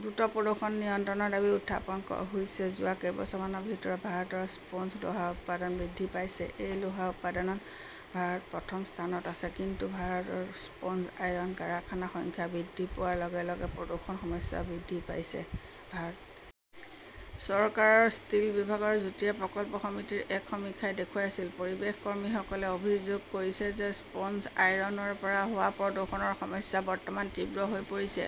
দ্ৰুত প্ৰদূষণ নিয়ন্ত্ৰণৰ দাবী উত্থাপন হৈছে যোৱা কেইবছৰমানৰ ভিতৰত ভাৰতত স্পঞ্জ লোহাৰ উৎপাদন বৃদ্ধি পাইছে। এই লোহাৰ উৎপাদনত ভাৰত প্ৰথম স্থানত আছে। কিন্তু ভাৰতত স্পঞ্জ আইৰণ কাৰখানাৰ সংখ্যা বৃদ্ধি পোৱাৰ লগে-লগে প্ৰদূষণৰ সমস্যাও বৃদ্ধি পাইছে। ভাৰত চৰকাৰৰ ষ্টীল বিভাগৰ যুটীয়া প্ৰকল্প সমিতিৰ এক সমীক্ষাই দেখুৱাইছিল। পৰিৱেশ কৰ্মীসকলে অভিযোগ কৰিছে যে স্পঞ্জ আইৰণৰ পৰা হোৱা প্ৰদূষণৰ সমস্যা বৰ্তমান তীব্ৰ হৈ পৰিছে।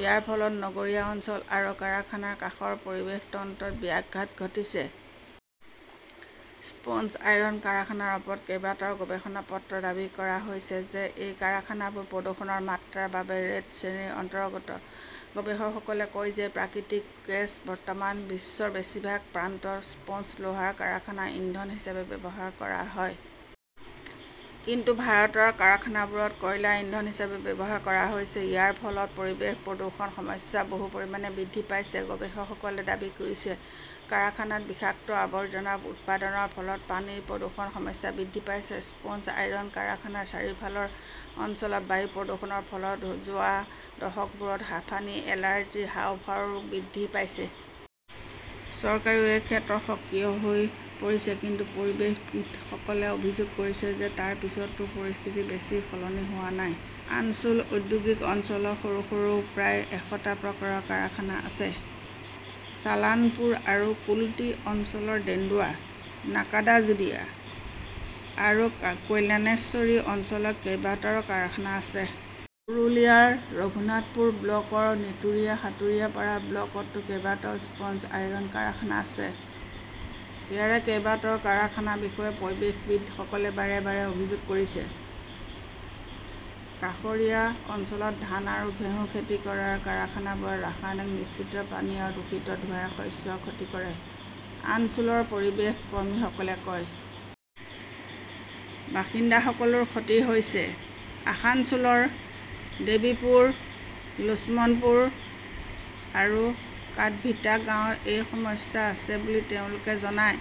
ইয়াৰ ফলত নগৰীয়া অঞ্চল আৰু কাৰখানাৰ কাষৰ পৰিৱেশ তন্ত্ৰত ব্যাঘাত ঘটিছে। স্পঞ্জ আইৰণ কাৰখানাৰ ওপৰত কেইবাটাও গৱেষণা পত্ৰত দাবী কৰা হৈছে যে এই কাৰখানাবোৰ প্ৰদূষণৰ মাত্ৰাৰ বাবে 'ৰেড শ্ৰেণী'ৰ অন্তৰ্গত। গৱেষকসকলে কয় যে প্ৰাকৃতিক গেছ বৰ্তমান বিশ্বৰ বেছিভাগ প্ৰান্তত স্পঞ্জ লোহাৰ কাৰখানাত ইন্ধন হিচাপে ব্যৱহাৰ কৰা হয়। কিন্তু ভাৰতৰ কাৰখানাবোৰত কয়লা ইন্ধন হিচাপে ব্যৱহাৰ কৰা হৈছে। ইয়াৰ ফলত পৰিৱেশ প্ৰদূষণৰ সমস্যা বহু পৰিমাণে বৃদ্ধি পাইছে, গৱেষকসকলে দাবী কৰিছে। কাৰখানাত বিষাক্ত আৱৰ্জনাৰ উৎপাদনৰ ফলত পানীৰ প্ৰদূষণৰ সমস্যা বৃদ্ধি পাইছে। স্পঞ্জ আইৰণ কাৰখানাৰ চাৰিওফালৰ অঞ্চলত বায়ু প্ৰদূষণৰ ফলত যোৱা দশকবোৰত হাঁপানি, এলাৰ্জি, হাঁওফাঁওৰ ৰোগ বৃদ্ধি পাইছে। চৰকাৰেও এই ক্ষেত্ৰত সক্ৰিয় হৈ পৰিছে। কিন্তু পৰিৱেশবিদসকলে অভিযোগ কৰিছে যে তাৰ পিছতো পৰিস্থিতি বেছি সলনি হোৱা নাই। আছানছোল ঔদ্যোগিক অঞ্চলত সৰু সৰু প্ৰায় এশটা প্ৰকাৰৰ কাৰখানা আছে। ছালানপুৰ আৰু কুল্টি অঞ্চলৰ ডেন্দুৱা, নাকাদাজোদিয়া আৰু কল্যাণেশ্বৰী অঞ্চলত কেইবাটাও কাৰখানা আছে। পুৰুলিয়াৰ ৰঘুনাথপুৰ ব্লকৰ নীতুৰিয়া, সাঁতুৰী, পাৰা ব্লকতো কেইটামান স্পঞ্জ আইৰণ কাৰখানা আছে। ইয়াৰে কেইবাটাও কাৰখানাৰ বিষয়ে পৰিৱেশবিদসকলে বাৰে বাৰে অভিযোগ কৰিছে। কাষৰীয়া অঞ্চলত ধান আৰু ঘেঁহু খেতি কৰা কাৰখানাবোৰত ৰাসায়নিক মিশ্ৰিত পানী আৰু দূষিত ধোঁৱাই শস্যৰ ক্ষতি কৰে, আছানছোলৰ পৰিৱেশ কৰ্মীসকলে কয়। বাসিন্দাসকলৰো ক্ষতি হৈছে। আসানছোলৰ দেৱীপুৰ, লোছমনপুৰ আৰু কাদভিটা গাঁৱত এই সমস্যা আছে বুলি তেওঁলোকে জনায়।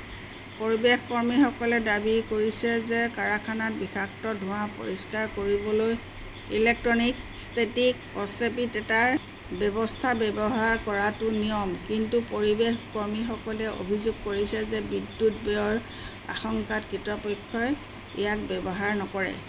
পৰিৱেশ কৰ্মীসকলে দাবী কৰিছে যে কাৰখানাত বিষাক্ত ধোঁৱা পৰিষ্কাৰ কৰিবলৈ 'ইলেক্ট্ৰনিক ষ্টেটিক প্ৰচেপিটেটাৰ ব্যৱস্থা ব্যৱহাৰ কৰাটো নিয়ম। কিন্তু পৰিৱেশ কৰ্মীসকলে অভিযোগ কৰিছে যে বিদ্যুৎ ব্যয়ৰ আশংকাত কৰ্তৃপক্ষই ইয়াক ব্যৱহাৰ নকৰে।